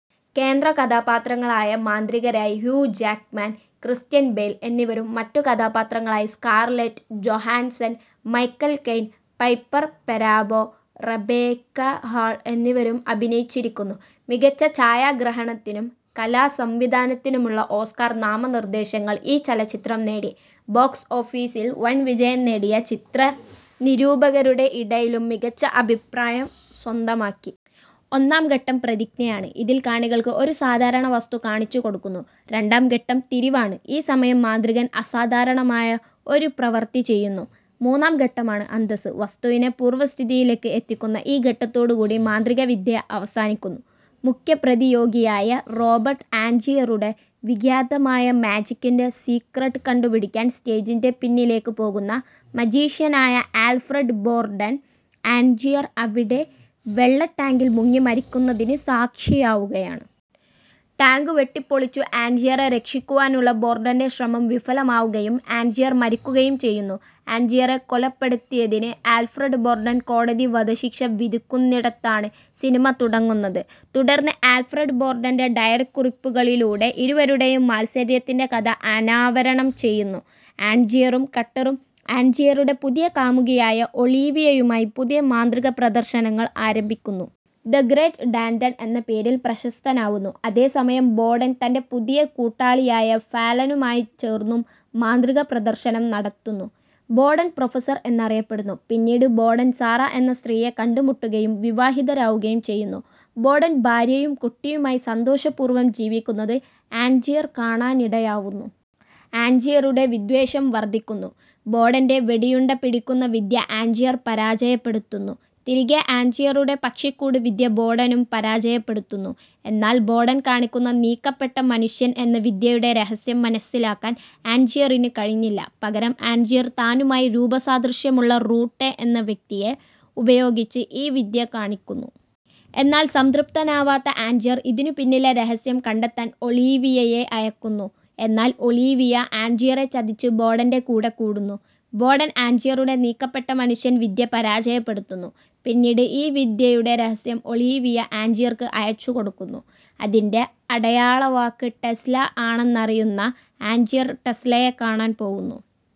കേന്ദ്രകഥാപാത്രങ്ങളായ മാന്ത്രികരായി Hugh Jackman, Christian Bale എന്നിവരും മറ്റു കഥാപാത്രങ്ങളായി Scarlett Johansson, Michael Caine, Piper Perabo, Rebecca Hall എന്നിവരും അഭിനയിച്ചിരിക്കുന്നു. മികച്ച ഛായാഗ്രഹണത്തിനും കലാസംവിധാനത്തിനുമുള്ള ഓസ്കാർ നാമനിർദ്ദേശങ്ങൾ ഈ ചലച്ചിത്രം നേടി. ബോക്സ് ഓഫീസിൽ വൻ വിജയം നേടിയ ചിത്രം നിരൂപകരുടെ ഇടയിലും മികച്ച അഭിപ്രായം സ്വന്തമാക്കി. ഒന്നാം ഘട്ടം പ്രതിജ്ഞയാണ്. ഇതിൽ കാണികൾക്ക് ഒരു സാധാരണ വസ്തു കാണിച്ചുകൊടുക്കുന്നു. രണ്ടാം ഘട്ടം തിരിവാണ്. ഈ സമയം മാന്ത്രികൻ അസാധാരണമായ ഒരു പ്രവൃത്തി ചെയ്യുന്നു. മൂന്നാം ഘട്ടമാണ് അന്തസ്സ്. വസ്തുവിനെ പൂർവ്വസ്ഥിതിയിലേക്ക് എത്തിക്കുന്ന ഈ ഘട്ടത്തോടു കൂടി മാന്ത്രികവിദ്യ അവസാനിക്കുന്നു. മുഖ്യപ്രതിയോഗിയായ റോബർട്ട് ആൻജിയറുടെ വിഖ്യാതമായ മാജിക്കിൻറെ സീക്ക്രട്ട് കണ്ടുപിടിക്കാൻ സ്റ്റേജിന്റെ പിന്നിലേക്ക് പോകുന്ന മജീഷ്യനായ ആൽഫ്രഡ് ബോർടൻ, ആന്ജിയർ അവിടെ വെള്ളടാങ്കിൽ മുങ്ങി മരിക്കുന്നതിനു സാക്ഷിയാവുകയാണ്. ടാങ്ക് വെട്ടിപ്പൊളിച്ചു ആന്ജിയറെ രക്ഷിക്കുവാനുള്ള ബോർടന്റെ ശ്രമം വിഫലമാവുകയും ആന്ജിയർ മരിക്കുകയും ചെയ്യുന്നു. ആൻജിയറെ കൊലപ്പെടുത്തിയതിന് ആൽഫ്രഡ് ബോർടന് കോടതി വധശിക്ഷ വിധിക്കുന്നിടത്താണ് സിനിമ തുടങ്ങുന്നത്. തുടർന്ന് ആൽഫ്രഡ് ബോർടന്റെ ഡയറിക്കുറിപ്പുകളിലൂടെ ഇരുവരുടെയും മാത്സര്യത്തിന്റെ കഥ അനാവരണം ചെയ്യുന്നു. ആഞ്ജിയറും കട്ടറും ആഞ്ജിയറുടെ പുതിയ കാമുകിയായ ഒളീവിയയുമായി പുതിയ മാന്ത്രിക പ്രദർശനങ്ങൾ ആരംഭിക്കുന്നു. ദ ഗ്രേറ്റ് ഡാന്റൺ എന്ന പേരിൽ പ്രശസ്തനാവുന്നു. അതേ സമയം ബോഡൻ തന്റെ പുതിയ കൂട്ടാളിയായ ഫാലനുമായി ചേർന്നും മാന്ത്രിക പ്രദർശനം നടത്തുന്നു. ബോഡൻ പ്രൊഫസർ എന്നറിയപ്പെടുന്നു. പിന്നീട് ബോഡൻ സാറ എന്ന സ്ത്രീയെ കണ്ടുമുട്ടുകയും വിവാഹിതരാവുകയും ചെയ്യുന്നു. ബോഡൻ ഭാര്യയും കുട്ടിയുമായി സന്തോഷപൂർവ്വം ജീവിക്കുന്നത് ആഞ്ജിയർ കാണാനിടയാവുന്നു. ആഞ്ജിയറുടെ വിദ്വേഷം വർദ്ധിക്കുന്നു. ബോഡന്റെ വെടിയുണ്ട പിടിക്കുന്ന വിദ്യ ആഞ്ജിയർ പരാജയപ്പെടുത്തുന്നു. തിരികെ ആഞ്ജിയറുടെ പക്ഷിക്കൂട് വിദ്യ ബോഡനും പരാജയപ്പെടുത്തുന്നു. എന്നാൽ ബോഡൻ കാണിക്കുന്ന നീക്കപ്പെട്ട മനുഷ്യൻ എന്ന വിദ്യയുടെ രഹസ്യം മനസ്സിലാക്കാൻ ആഞ്ജിയറിന് കഴിഞ്ഞില്ല. പകരം ആഞ്ജിയർ താനുമായി രൂപസാദൃശ്യമുള്ള റൂട്ടെ എന്ന വ്യക്തിയെ ഉപയോഗിച്ച് ഈ വിദ്യ കാണിക്കുന്നു. എന്നാൽ സംതൃപ്തനാവാത്ത ആഞ്ജിയർ ഇതിനു പിന്നിലെ രഹസ്യം കണ്ടെത്താൻ ഒളീവിയയെ അയക്കുന്നു. എന്നാൽ ഒളീവിയ ആഞ്ജിയറെ ചതിച്ച് ബോഡന്റെ കൂടെക്കൂടുന്നു. ബോഡൻ ആഞ്ജിയറുടെ നീക്കപ്പെട്ട മനുഷ്യൻ വിദ്യ പരാജയപ്പെടുത്തുന്നു. പിന്നീട് ഈ വിദ്യയുടെ രഹസ്യം ഒളീവിയ ആഞ്ജിയർക്ക് അയച്ചു കൊടുക്കുന്നു. അതിന്റെ അടയാളവാക്ക് ടെസ്ല ആണെന്നറിയുന്ന ആഞ്ജിയർ ടെസ്ലയെ കാണാൻ പോവുന്നു.